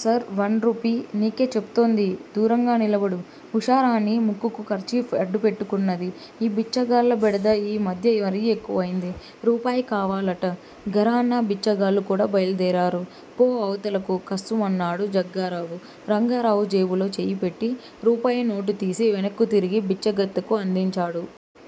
Sir! One rupee! నీకే చెప్తోంది. దూరంగా నిలబడు! ఉషారాణి ముక్కుకు కర్చీఫ్ అడ్డుపెట్టు కున్నది. ఈ బిచ్చగాళ్ళ బెడద ఈ మధ్య మరీ ఎక్కువైంది. రూపాయి కావాలట! ఘరానా బిచ్చగాళ్ళు కూడా బయలుదేరారు. పో! అవతలకు! కస్సుమన్నాడు జగ్గారావు. రంగారావు జేబులో చెయ్యిపెట్టి, రూపాయి నోటుతీసి వెనక్కు తిరిగి బిచ్చగత్తెకు అందించాడు.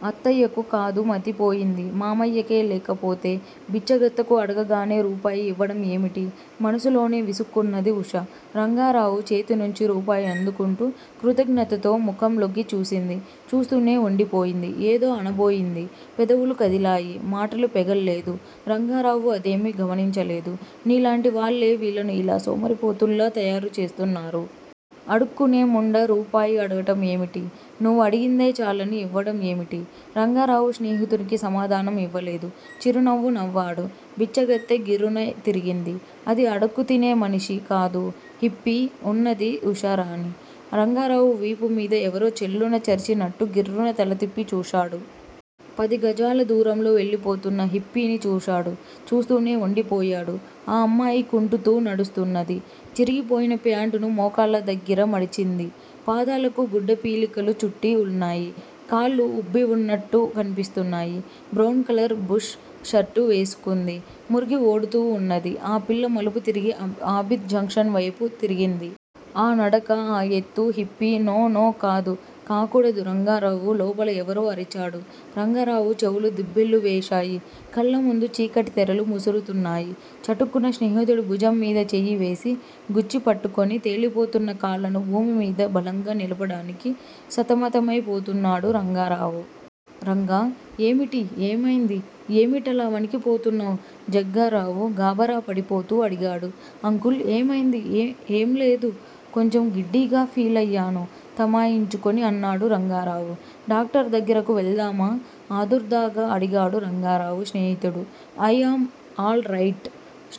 అత్తయ్యకు కాదు మతిపోయింది. మామయ్యకె లేకపోతే! బిచ్చగత్తెకు అడగగానే రూపాయి యివ్వడం ఏమిటి? మనసులోనే విసుక్కున్నది ఉష. రంగారావు చేతినుంచి రూపాయి అందుకుంటూ కృతజ్ఞతతో ముఖంలోకి చూసింది. చూస్తూనే ఉండిపోయింది. ఏదో అనబోయింది. పెదవులు కదిలాయి. మాటలు పెగల్లేదు. రంగారావు అదేమీ గమనించలేదు. నీలాంటి వాళ్ళే వీళ్ళను ఇలా సోమరిపోతుల్లా తయారు చేస్తున్నారు. అడుక్కునే ముండ రూపాయి అడగటం ఏమిటి? నువ్వు అడిగిందే చాలని ఇవ్వడం ఏమిటి? రంగారావు స్నేహితునికి సమాధానం ఇవ్వలేదు. చిరునవ్వు నవ్వాడు. బిచ్చగత్తె గిర్రున తిరిగింది. అది అడక్కుతినే మనిషి కాదు. హిప్పీ! అన్నది ఉషారాణి. రంగారావు వీపు మీద ఎవరో చెళ్ళున చరిచినట్టు గిర్రున తలతిప్పి చూశాడు. పదిగజాల దూరంలో వెళ్లిపోతున్న హిప్పీని చూశాడు. చూస్తూనే వుండిపోయాడు. ఆ అమ్మాయి కుంటుతూ నడుస్తున్నది. చిరిగిపోయిన ప్యాంటును మోకాళ్ళ దగ్గిర మడిచింది. పాదాలకు గుడ్డపీలికలు చుట్టి వున్నాయి. కాళ్ళు వుబ్బివున్నట్టు కన్పిస్తున్నాయి. బ్రౌన్ కలర్ బుష్ షర్టు వేసుకుంది. మురికి వోడుతూ వున్నది. ఆ పిల్ల మలుపుతిరిగి ఆబిద్ జంక్షన్ వేపు తిరిగింది. ఆఁ నడక, ఆ ఎత్తు, హిప్పీ. నో నో కాదు. కాకూడదు రంగారావు లోపల ఎవరో అరిచాడు. రంగారావు చెవులు దిబ్బెళ్ళు వేశాయి. కళ్లముందు చీకటితెరలు ముసురుతున్నాయి. చటుక్కున స్నేహితుడి భుజంమీద చెయ్యివేసి గుచ్చి పట్టుకొని, తేలిపోతున్న కాళ్ళను భూమిమీద బలంగా నిలపడానికి సతమతమైపోతున్నాడు రంగారావు. రంగా! ఏమిటి? ఏమైంది? ఏమిటిలా వణికి పోతున్నావ్? జగ్గారావు గాభరా పడిపోతూ అడిగాడు. అంకుల్! ఏమైంది? ఏ ఏం లేదు. కొంచెం గిడ్డీగా ఫీలయ్యాను తమాయించుకొని అన్నాడు రంగారావు. డాక్టర్ దగ్గిరకు వెళదామా? ఆదుర్దాగా అడిగాడు రంగారావు స్నేహితుడు. I'm all right!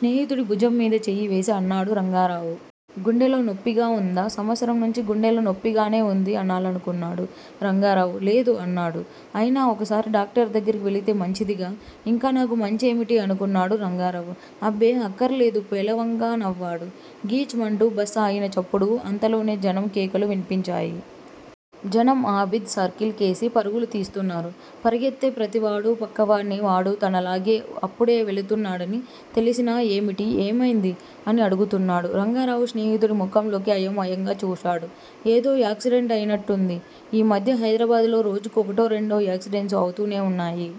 స్నేహితుడి భుజంమీద చెయ్యివేసి అన్నాడు రంగారావు. గుండెలో నొప్పిగా వుందా? సంవత్సరం నుంచి గుండెలో నొప్పిగానే వుంది అనాలనుకున్నాడు రంగారావు. లేదు! అన్నాడు. అయినా ఒకసారి డాక్టర్ దగ్గిరకి వెళితే మంచిదిగా? ఇంకా నాకు మంచేమిటి? అనుకున్నాడు రంగారావు. అబ్బే! అక్కర్లేదు పేలవంగా నవ్వాడు. గీచ్ మంటూ బస్ ఆగిన చప్పుడూ, అంతలోనే జనం కేకలు విన్పించాయి. జనం ఆబిద్ సర్కిల్ కేసి పరుగులు తీస్తున్నారు. పరిగెత్తే ప్రతివాడూ, పక్కవాడ్ని, వాడూ తనలాగే అప్పుడే వెళుతున్నాడని తెలిసినా ఏమిటి? ఏమైంది? అని అడుగుతున్నాడు. రంగారావు స్నేహితుడి ముఖంలోకి అయోమయంగా చూశాడు. ఏదో యాక్సిడెంట్ అయినట్టుంది. ఈ మధ్య హైదరాబాద్ లో రోజుకు ఒకటో రెండో యాక్సిడెంట్సు అవుతూనే వున్నాయి.